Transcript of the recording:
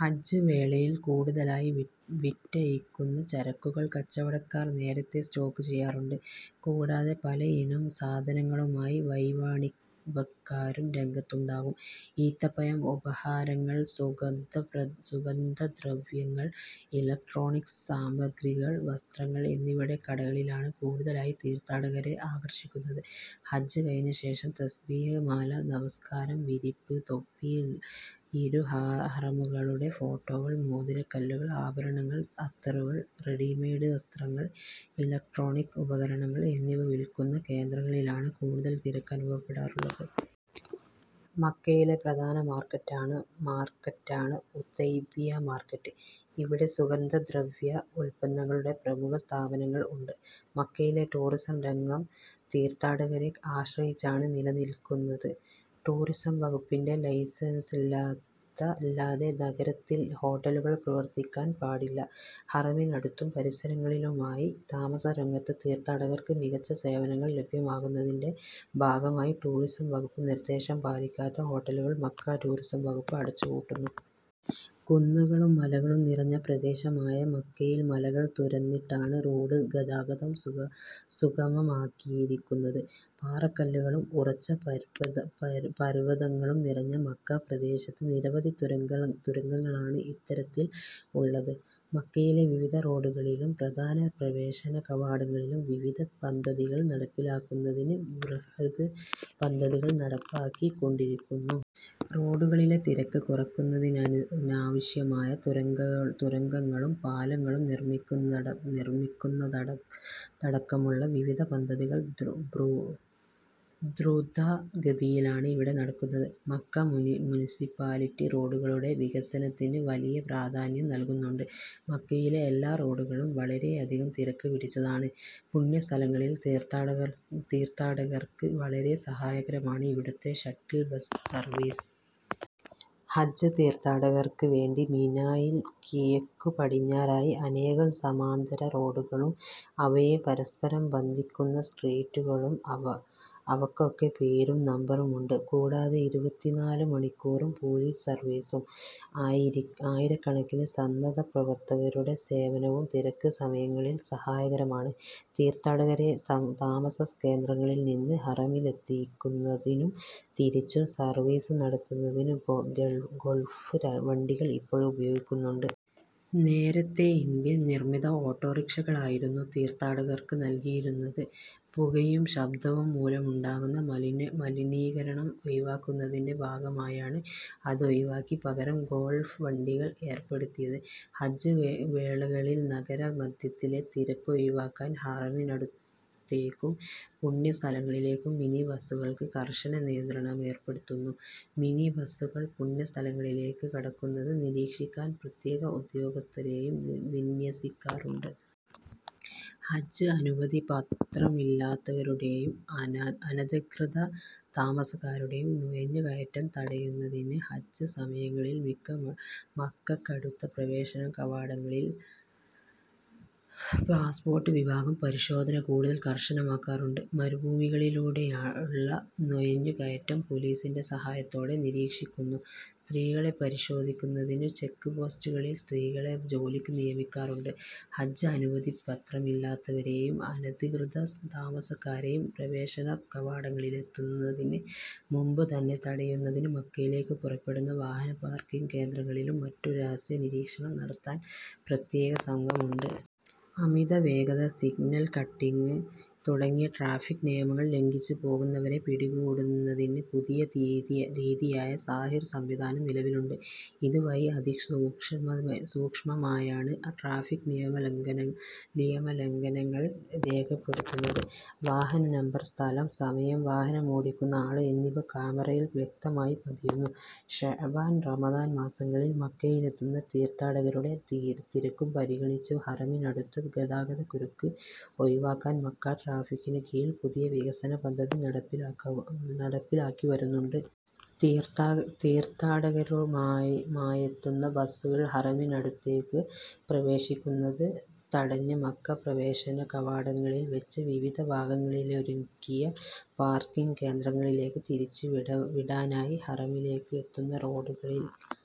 ഹജ്ജ് വേളയിൽ കൂടുതലായി വിറ്റഴിക്കുന്ന ചരക്കുകൾ കച്ചവടക്കാർ നേരത്തെ സ്റ്റോക്ക് ചെയ്യാറുണ്ട്. കൂടാതെ പലയിനം സാധനങ്ങളുമായി വഴിവാണിഭക്കാരും രംഗത്തുണ്ടാകും. ഈത്തപ്പഴം, ഉപഹാരങ്ങൾ, സുഗന്ധദ്രവ്യങ്ങൾ, ഇലക്ട്രോണിക്സ് സാമഗ്രികൾ, വസ്ത്രങ്ങൾ എന്നിവയുടെ കടകളിലാണ് കൂടുതലായി തീർത്ഥാടകരെ ആകർഷിക്കുന്നത്. ഹജ്ജ് കഴിഞ്ഞ ശേഷം. തസ്ബീഹ് മാല, നമസ്കാര വിരിപ്പ്, തൊപ്പി, ഇരുഹറമുകളുടെ ഫോട്ടോകൾ, മോതിര കല്ലുകൾ, ആഭരണങ്ങൾ, അത്തറുകൾ, റെഡിമെയ്ഡ് വസ്ത്രങ്ങൾ, ഇലക്ട്രോണിക് ഉപകരണങ്ങൾ എന്നിവ വിൽക്കുന്ന കേന്ദ്രങ്ങളിലാണ് കൂടുതൽ തിരക്ക് അനുഭവപ്പെടാറുള്ളത്. മക്കയിലെ പ്രധാന മാർക്കറ്റാണ് ഉതൈബിയ്യ മാർക്കറ്റ്. ഇവിടെ സുഗന്ധ ദ്രവ്യ ഉല്പന്നങ്ങളുടെ പ്രമുഖ സ്ഥാപനങ്ങൾ ഉണ്ട്. മക്കയിലെ ടൂറിസം രംഗം തീർഥാടകരെ ആശ്രയിച്ചാണ് നിലനിൽക്കുന്നത്. ടൂറിസം വകുപ്പിന്റെ ലൈസൻസില്ലാതെ നഗരത്തിൽ ഹോട്ടലുകൾ പ്രവർത്തിക്കാൻ പാടില്ല. ഹറമിനടുത്തും പരിസരങ്ങളിലുമായി താമസ രംഗത്ത് തീർഥാടകർക്ക് മികച്ച സേവനങ്ങൾ ലഭ്യമാക്കുന്നതിന്റെ ഭാഗമായി ടൂറിസം വകുപ്പ് നിർദ്ദേശം പാലിക്കാത്ത ഹോട്ടലുകൾ മക്ക ടൂറിസം വകുപ്പ് അടച്ചു പൂട്ടുന്നു. കുന്നുകളും മലകളും നിറഞ്ഞ പ്രദേശമായ മക്കയിൽ മലകൾ തുരന്നിട്ടാണ് റോഡ് ഗതാഗതം സുഗമമാക്കിയിരിക്കുന്നത്. പാറക്കല്ലുകളും ഉറച്ച പര്'വതങ്ങളും നിറഞ്ഞ മക്ക പ്രദേശത്ത് നിരവധി തുരങ്കങ്ങളാണ് ഇത്തരത്തിൽ ഉള്ളത്. മക്കയിലെ വിവിധ റോഡുകളിലും പ്രധാന പ്രവേശന കവാടങ്ങളിലും വിവിധ പദ്ധതികൾ നടപ്പിലാക്കുന്നതിന് ബൃഹദ് പദ്ധതികൾ നടപ്പാക്കി കൊണ്ടിരിക്കുന്നു. റോഡുകളിലെ തിരക്ക് കുറക്കുന്നതിനാവശ്യമായ തുരങ്കങ്ങളും പാലങ്ങളും നിർമ്മിക്കുന്നതടക്കമുള്ള വിവിധ പദ്ധതികൾ ദ്രുത ഗതിയിലാണ് ഇവിടെ നടക്കുന്നത്. മക്ക മുനിസിപ്പാലിറ്റി റോഡുകളുടെ വികസനത്തിന് വലിയ പ്രധാന്യം നൽകുന്നുണ്ട്. മക്കയിലെ എല്ലാ റോഡുകളും വളരെയധികം തിരക്ക് പിടിച്ചതാണ്. പുണ്യസ്ഥലങ്ങളിൽ തീർത്ഥാടകർക്ക് വളരെ സഹായകരമാണ് ഇവിടുത്തെ ഷട്ടിൽ ബസ് സർവീസ്. ഹജ്ജ് തീർത്ഥാടകർക്ക് വേണ്ടി മിനായിൽ കിഴക്കുപടിഞ്ഞാറായി അനേകം സമാന്തര റോഡുകളും അവയെ പരസ്പരം ബന്ധിക്കുന്ന സ്ട്രീറ്റുകളും അവക്കൊക്കെ പേരും നമ്പറും ഉണ്ട്. കൂടാതെ ഇരുപത്തിനാലു മണിക്കൂറും പൊലീസ് സർവീസും ആയിരക്കണക്കിന് സന്നദ്ധ പ്രവർത്തകരുടെ സേവനവും തിരക്ക് സമയങ്ങളിൽ സഹായകരമാണ്. തീർത്ഥാടകരെ താമസ കേന്ദ്രങ്ങളിൽ നിന്ന് ഹറമിലെത്തിക്കുന്നതിനും തിരിച്ചും സർവീസ് നടത്തുന്നതിനു ഗോൾഫ് വണ്ടികൾ ഇപ്പോൾ ഉപയോഗിക്കുന്നുണ്ട്. നേരത്തെ ഇന്ത്യൻ നിർമ്മിത ഓട്ടോറിക്ഷകളായിരുന്നു തീർത്ഥാടകർക്ക് നൽകിയിരുന്നത്. പുകയും ശബ്ദവും മൂലമുണ്ടാകുന്ന മലിനീകരണം ഒഴിവാക്കുന്നതിന്റെ ഭാഗമായാണ് അതൊഴിവാക്കി പകരം ഗോൾഫ് വണ്ടികൾ ഏർപ്പെടുത്തിയത്. ഹജ്ജ് വേളകളിൽ നഗര മധ്യത്തിലെ തിരക്കൊഴിവാക്കാൻ ഹറമിനടുത്തേക്കും പുണ്യ സ്ഥലങ്ങളിലേക്കും മിനി ബസുകൾക്ക് കർശന നിയന്ത്രണമേർപ്പെടുത്തുന്നു. മിനി ബസുകൾ പുണ്യസ്ഥലങ്ങളിലേക്ക് കടക്കുന്നത് നിരീക്ഷിക്കാൻ പ്രത്യേക ഉദ്യോഗസ്ഥരെയും വിന്യസിക്കാറുണ്ട്. ഹജ്ജ് അനുമതി പത്രമില്ലാത്തവരുടെയും അനധികൃത താമസക്കാരുടെയും നുഴഞ്ഞുകയറ്റം തടയുന്നതിന് ഹജ്ജ് സമയങ്ങളിൽ മക്കക്കടുത്ത പ്രവേശന കവാടങ്ങളിൽ പാസ്പോർട്ട് വിഭാഗം പരിശോധന കൂടുതൽ കർശനമാക്കാറുണ്ട്. മരുഭൂമികളിലൂടെയുള്ള നുഴഞ്ഞുകയറ്റം പൊലീസിന്റെ സഹായത്തോടെ നിരീക്ഷിക്കുന്നു. സ്ത്രീകളെ പരിശോധിക്കുന്നതിന് ചെക്ക്പോസ്റ്റുകളിൽ സ്ത്രീകളെ ജോലിക്ക് നിയമിക്കാറുണ്ട്. ഹജ്ജ് അനുമതിപത്രമില്ലാത്തവരെയും അനധികൃത താമസക്കാരെയും പ്രവേശന കവാടങ്ങളിലെത്തുന്നതിന് മുമ്പ് തന്നെ തടയുന്നതിന് മക്കയിലേക്ക് പുറപ്പെടുന്ന വാഹന പാർക്കിങ് കേന്ദ്രങ്ങളിലും മറ്റും രഹസ്യ നിരീക്ഷണം നടത്താൻ പ്രത്യേക സംഘം ഉണ്ട്. അമിത വേഗത, സിഗ്നൽ കട്ടിങ് തുടങ്ങിയ ട്രാഫിക് നിയമങ്ങൾ ലംഘിച്ച് പോകുന്നവരെ പിടികൂടുന്നതിനു പുതിയ രീതിയായ സാഹിർ സംവിധാനം നിലവിലുണ്ട്. ഇത് വഴി അതിസൂക്ഷ്മമായാണ് ട്രാഫിക് നിയമലംഘനങ്ങൾ രേഖപ്പെടുത്തുന്നത്. വാഹന നമ്പർ, സ്ഥലം, സമയം, വാഹനമോടിക്കുന്ന ആൾ എന്നിവ കാമറയിൽ വ്യക്തമായി പതിയുന്നു. ശഅബാൻ, റമദാൻ മാസങ്ങളിൽ മക്കയിലത്തുന്ന തീർത്ഥാടകരുടെ തിരക്കും പരിഗണിച്ചു ഹറമിനടുത്ത് ഗതാഗതക്കുരുക്ക് ഒഴിവാക്കാൻ മക്ക ട്രാഫിക്കിനു കീഴിൽ പുതിയ വികസന പദ്ധതി നടപ്പിലാക്കിവരുന്നുണ്ട്. തീർത്ഥാടകരുമായെത്തുന്ന ബസുകൾ ഹറമിനടുത്തേക്ക് പ്രവേശിക്കുന്നത് തടഞ്ഞ് മക്ക പ്രവേശന കവാടങ്ങളിൽ വെച്ച് വിവിധ ഭാഗങ്ങളിലൊരുക്കിയ പാർക്കിങ് കേന്ദ്രങ്ങളിലേക്ക് തിരിച്ചുവിടാനായി ഹറമിലേക്ക് എത്തുന്ന റോഡുകളിൽ